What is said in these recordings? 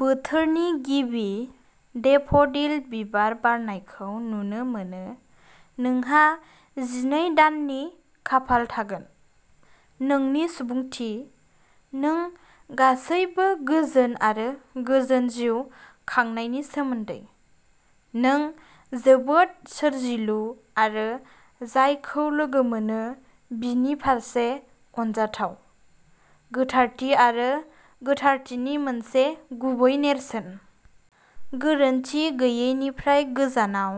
बोथोरनि गिबि डेफ'डिल बिबार बारनायखौ नुनो मोनो, नोंहा जिनै दाननि खाफाल थागोन। नोंनि सुबुंथिः नों गासैबो गोजोन आरो गोजोन जिउ खांनायनि सोमोन्दै। नों जोबोद सोरजिलु, आरो जायखौ लोगो मोनो बिनि फारसे अनजाथाव। गोथारथि आरो गोथारथिनि मोनसे गुबै नेरसोन। गोरोनथि गैयैनिफ्राय गोजानाव,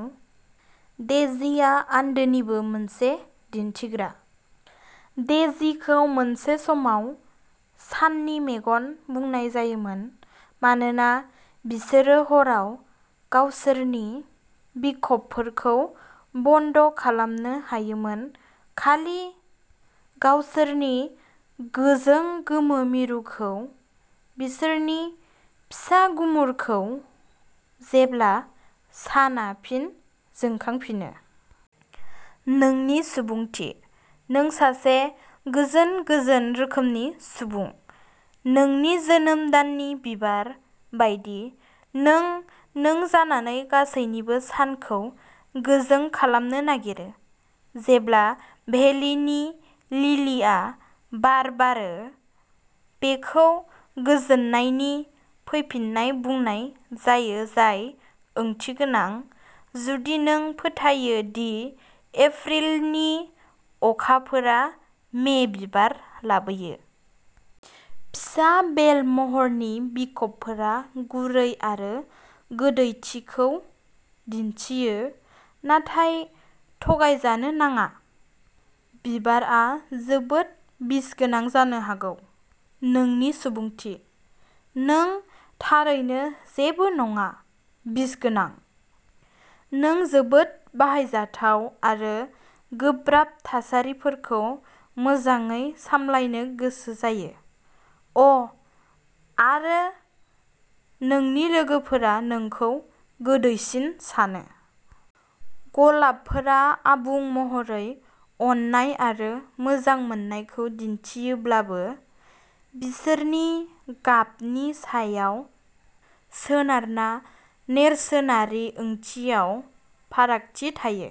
डेजीआ आन्दोनिबो मोनसे दिन्थिग्रा। डेजीखौ मोनसे समाव "साननि मेगन" बुंनाय जायोमोन, मानोना बिसोरो हराव गावसोरनि बिखबफोरखौ बन्द'खालामनो हायोमोन, खालि गावसोरनि गोजों गोमो मिरुखौ, बिसोरनि फिसा गुमुरखौ, जेब्ला साना फिन जोंखांफिनो। नोंनि सुबुंथिः नों सासे गोजोन-गोजोन रोखोमनि सुबुं। नोंनि जोनोम दाननि बिबार बायदि, नों नों जानानै गासैनिबो सानखौ गोजों खालामनो नागिरो। जेब्ला भेलिनि लिलीआ बार बारो, बेखौ गोजोननायनि फैफिन्नाय बुंनाय जायो-जाय ओंथिगोनां, जुदि नों फोथायो दि एप्रिलनि अखाफोरा मे बिबार लाबोयो। फिसा बेल-महरनि बिखबफोरा गुरै आरो गोदैथिखौ दिन्थियो, नाथाय थगायजानो नाङाः बिबारआ जोबोद बिसगोनां जानो हागौ। नोंनि सुबुंथिः नों थारैनो जेबो नङा, बिसगोनां। नों जोबोद बाहायजाथाव आरो गोब्राब थासारिफोरखौ मोजाङै सामलायनो गोसो जायो। अ, आरो नोंनि लोगोफोरा नोंखौ गोदैसिन सानो। गलाबफोरा आबुं महरै अननाय आरो मोजां मोननायखौ दिन्थियोब्लाबो, बिसोरनि गाबनि सायाव सोनारना नेरसोनारि ओंथियाव फारागथि थायो।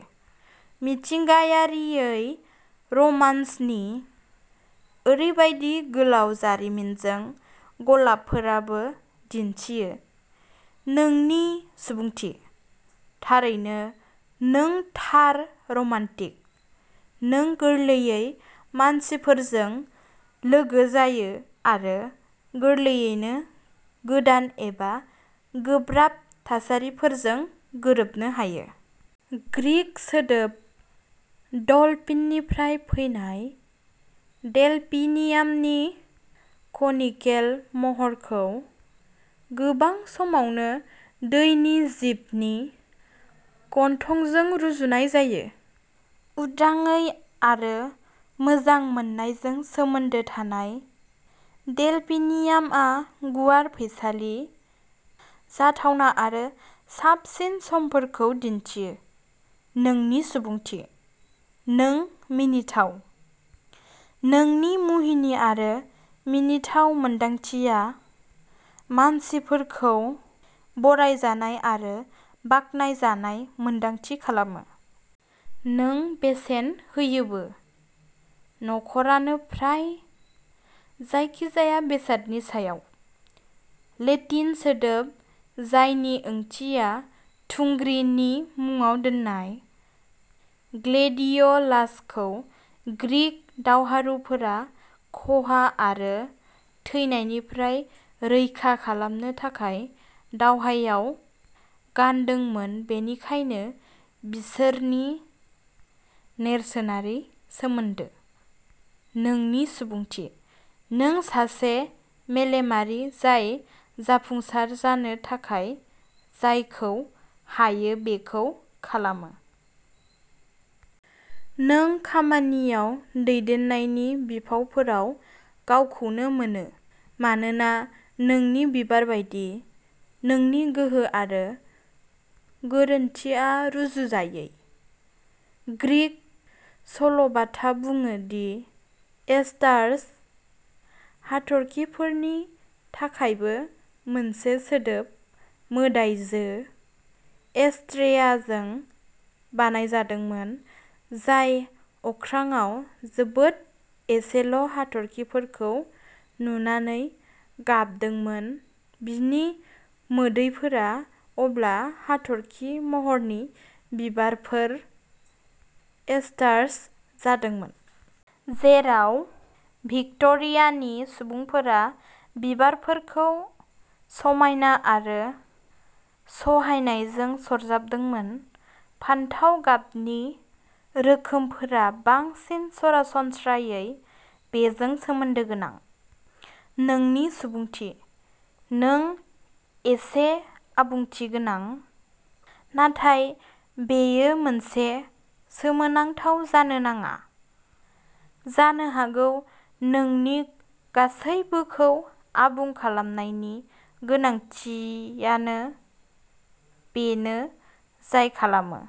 मिथिंगायारियै, रमान्सनि ओरैबायदि गोलाव जारिमिनजों, गलाबफोराबो दिन्थियो। नोंनि सुबुंथिः थारैनो, नों थार रमान्टिक। नों गोरलैयै मानसिफोरजों लोगो जायो, आरो गोरलैयैनो गोदान एबा गोब्राब थासारिफोरजों गोरोबनो हायो। ग्रीक सोदोब डलफिननिफ्राय फैनाय, डेलफिनियामनि कनिकेल महरखौ गोबां समावनो दैनि जिबनि गन्थंजों रुजुनाय जायो। उदाङै आरो मोजां मोननायजों सोमोन्दो थानाय, डेलफिनियामआ गुवार फैसालि, जाथावना आरो साबसिन समफोरखौ दिन्थियो। नोंनि सुबुंथिः नों मिनिथाव। नोंनि मुहिनि आरो मिनिथाव मोन्दांथिया मानसिफोरखौ बरायजानाय आरो बाख्नायजानाय मोन्दांथि खालामो। नों बेसेन होयोबो। नखरानो फ्राय जायखि-जाया बेसादनि सायाव। लेटिन सोदोब जायनि ओंथिया थुंग्रि नि मुङाव दोन्नाय, ग्लेडिय'लासखौ ग्रीक दावहारुफोरा खहा आरो थैनायनिफ्राय रैखा खालामनो थाखाय दावहायाव गानदोंमोन-बेनिखायनो बिसोरनि नेरसोनारि सोमोन्दो। नोंनि सुबुंथिः नों सासे मेलेमारि जाय जाफुंसार जानो थाखाय जायखौ हायो बेखौ खालामो। नों खामानियाव दैदेननायनि बिफावफोराव गावखौनो मोनो, मानोना नोंनि बिबार बायदि, नोंनि गोहो आरो गोरोनथिआ रुजुजायै। ग्रीक सल'बाथा बुङो दि एस्टार्स, हाथरखिफोरनि थाखायबो मोनसे सोदोब, मोदायजो एस्ट्रेयाजों बानायजादोंमोन, जाय अख्राङाव जोबोद एसेल'हाथरखिफोरखौ नुनानै गाबदोंमोन-बिनि मोदैफोरा अब्ला हाथरखि महरनि बिबारफोर, एस्टार्स जादोंमोन। जेराव भिक्ट'रियानि सुबुंफोरा बिबारफोरखौ समायना आरो सहायनायजों सरजाबदोंमोन, फान्थाव गाबनि रोखोमफोरा बांसिन सरासनस्रायै बेजों सोमोन्दो गोनां। नोंनि सुबुंथिः नों एसे आबुंथिगोनां, नाथाय बेयो मोनसे सोमोनांथाव जानो नाङा। जानो हागौ नोंनि गासैबोखौ आबुं खालामनायनि गोनांथिानो बेनो जाय खालामो।